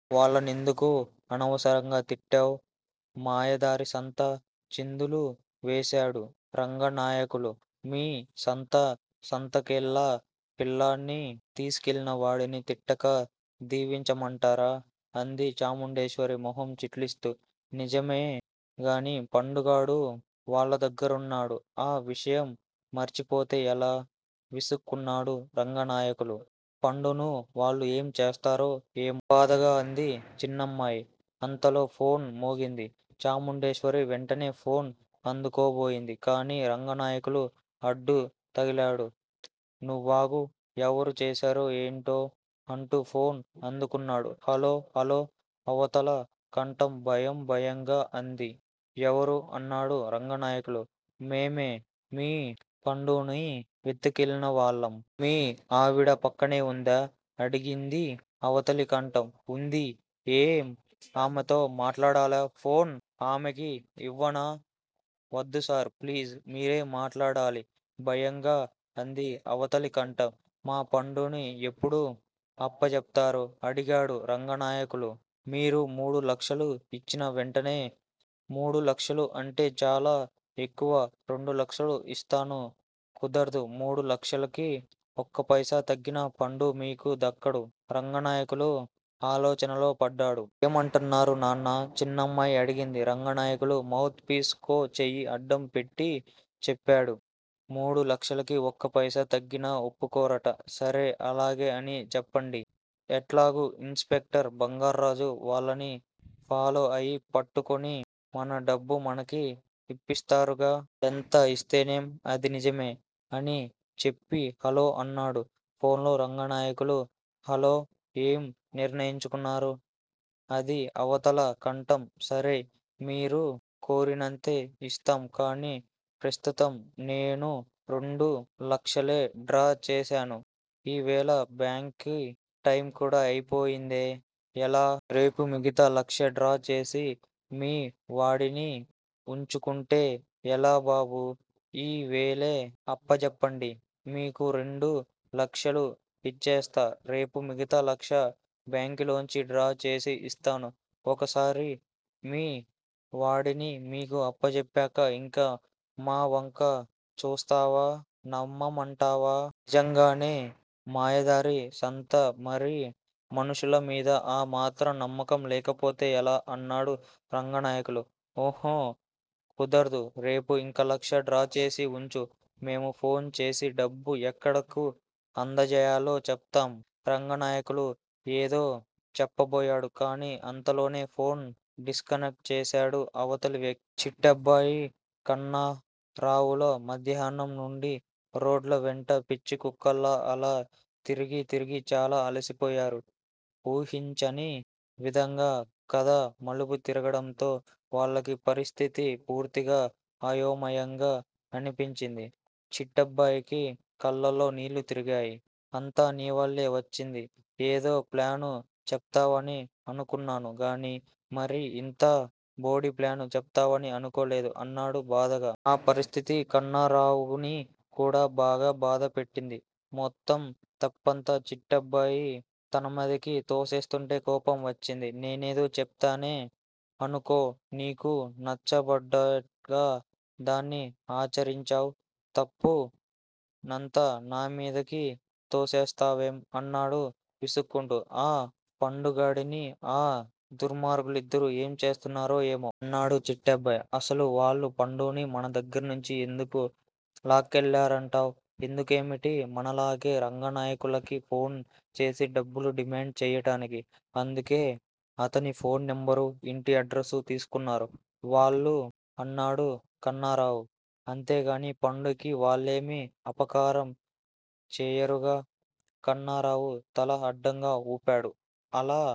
వాళ్ళనెందుకు అనవసరంగా తిట్టావ్ మాయదారి సంత? చిందులు వేశాడు రంగనాయకులు. మీ సంత సంతకెళ్ళ. పిల్లాడ్ని తిస్కెళ్ళినవాడిని తిట్టక దీవించ మంటారా? అంది చాముండేశ్వరి మొహం చిట్లిస్తూ. నిజమేగాని పండుగాడు వాళ్ళదగ్గరున్నాడు. ఆ విషయం మర్చి పోతే ఎలా? విసుక్కున్నాడు రంగనాయకులు. పండుని వాళ్ళు ఏం చేస్తారో ఏం! బాధగా అంది చిన్నమ్మాయి. అంతలో ఫోన్ మోగింది. చాముండేశ్వరి వెంటనే ఫోన్ అందుకోబోయింది. కాని రంగనాయకులు అడ్డు తగిలాడు. నువ్వాగు. ఎవరు చేశారో ఎంటో? అంటూ ఫోన్ అందుకున్నాడు. హలో హలో అవతల కంఠం భయం భయంగా అంది. ఎవరూ? అన్నాడు రంగాయకులు. మేమే, మీ పండుని ఎత్తుకెళ్ళినవాళ్ళం. మీ ఆవిడ పక్కనే ఉందా? అడిగింది అవతలి కంఠం. ఉంది ఏం ఆమెతో మాట్లాడాలా? ఫోన్ ఆమెకి ఇవ్వానా? వద్దుసార్! ప్లీజ్ మిరే మాట్లాడాలి భయంగా అంది అవతలి కంఠం. మా పండుని ఎప్పుడు అప్పజేప్తారు? అడిగాడు రంగనాయకులు. మీరు మూడు లక్షలు ఇచిన వెంటనే మూడు లక్షలు అంటే చాలా ఎక్కువ రెండు లక్షలు ఇస్తాను కుదర్దు మూడు లక్షలకి ఒక్కప్తెసా తగ్గినా పండు మీకు దక్కడు రంగనాయకులు ఆలోచనలో పడ్దాడు. ఏమంటున్నారు నాన్నా? చిన్నమ్మాయి అడిగింది. రంగనాయకులు మౌత్ పిస్ కో చెయ్యి అడ్డం పెట్టి చెప్పాడు. మూడు లక్షలకి ఒక్కప్తెసా తగ్గినా ఒప్పకోరట! సరే అలాగే అని చెప్పండి. ఎట్లాగు ఇన్స్ పెక్టర్ బంగార్రాజు వాళ్ళని ఫాలో అయి పట్టుకుని మన డబ్బు మనకి ఇప్పిస్తారుగా? ఎంత ఇస్తేనేం? అది నిజమే అని చెప్పి హలో అన్నాడు ఫోన్లో రంగనాయకులు. హలో ఏం నిర్ణయించుకున్నారు? అది అవతల కంఠం. సరే! మీరు కోరినంతే ఇస్తాం కాని ప్రస్తుతం నేను రెండు లక్షలే డ్రా చేశాను ఈ వేళ బ్యాంకి టైము కూడా అయిపోయిందే ఎలా? రేపు మిగతా లక్ష డ్రా చేయి మీ వాడిని ఉంచుకుంటే ఎలా బాబూ? ఈ వేళే అప్పజేప్పండి మీకు రెండు లక్షలు ఇచ్చేస్తా రేపు మిగతా లక్షా బ్యాకులోంచి డ్రా చేసి ఇస్తాను. ఒక సారి మీ వాడిని మీకు అప్పజేప్పాక ఇంక మా వంక చూస్తావా నమ్మమంటావా? నిజంగానే మాయదారి సంత మరి మనుషుల మీద ఆ మాత్రం నమ్మకం లేకపోతే ఎలా? అన్నాడు రంగాయకులు. ఊహు కుదర్దూ రేపు ఇంక లక్ష డ్రాచేసి ఉంచు మేము ఫోన్ చేసి డబ్బు ఎక్కడ అందజేయాలో చెప్తాం రంగనాయకులు ఎదో చెప్పబోయాడు కాని అంతలోనే ఫోను డిస్కనెక్ట్ చేసేశాడు అవతలి వ్య. చిట్టబ్బాయి, కన్నరావులు మధ్యాహ్నం నుండి రొడ్ల వెంట పిచ్చి కుక్కల్లా అలా తిరిగి తిరిగి చాలా అలసిపోయారు. ఊహించని విధంగా కథ మలుపు తిరగడంతో వాళ్ళకి పరిస్ధితి పూర్తిగా అయోమయంగా అనిపించింది. చిట్టబ్బాయికి కళ్ళల్లో నీళ్ళు తిరిగాయి. అంతా నీవల్లే వచ్చింది ఎదో ప్లాను చెప్తావని అనుకున్నాను గాని మరి ఇంత బోడి ప్లాను చెప్తావని అనుకోలేదు అన్నాడు బాధగా. ఆ పరిస్ధితి కన్నారావుని కూడా బాగా బాధ పెట్టింది మొత్తం తప్పంతా చిట్టబ్బాయి తనమిదికి తోస్తేస్తుంటే కోపం వచ్చింది. నేనేదో చెప్తానే అనుకో నీకు నచ్చబట్టేగా దాన్ని ఆచరించావ్ తప్పు నంతా నా మీదికి తోసేస్తావేం? అన్నాడు విసుక్కుంటూ. ఆ పండుగాడిని ఆ దుర్మార్గుద్దరూ ఏం చేస్తారో ఏమో! అన్నాడు చిట్టబ్బాయి. అసలు వాళ్లు పండుని మన దగ్గర్నుంచి ఎందుకు లాక్కెళ్ళారంటావ్? ఎందుకేమిటి? మనలాగేనే రంగానాయకులుకి ఫోన్ చేసి డబ్బులు డిమాండ్ చేయడానికి! అందుకే అతని ఫోన్ నెంబరూ, ఇంటి అడ్రసూ తిస్కున్నారు వాళ్లు అన్నాడు కన్నారావు. అంతేగాని పండుకి వాళ్ళేమి అపకారం చేయరుగా? కన్నారావు తల అడ్డంగా ఊపాడు. అలా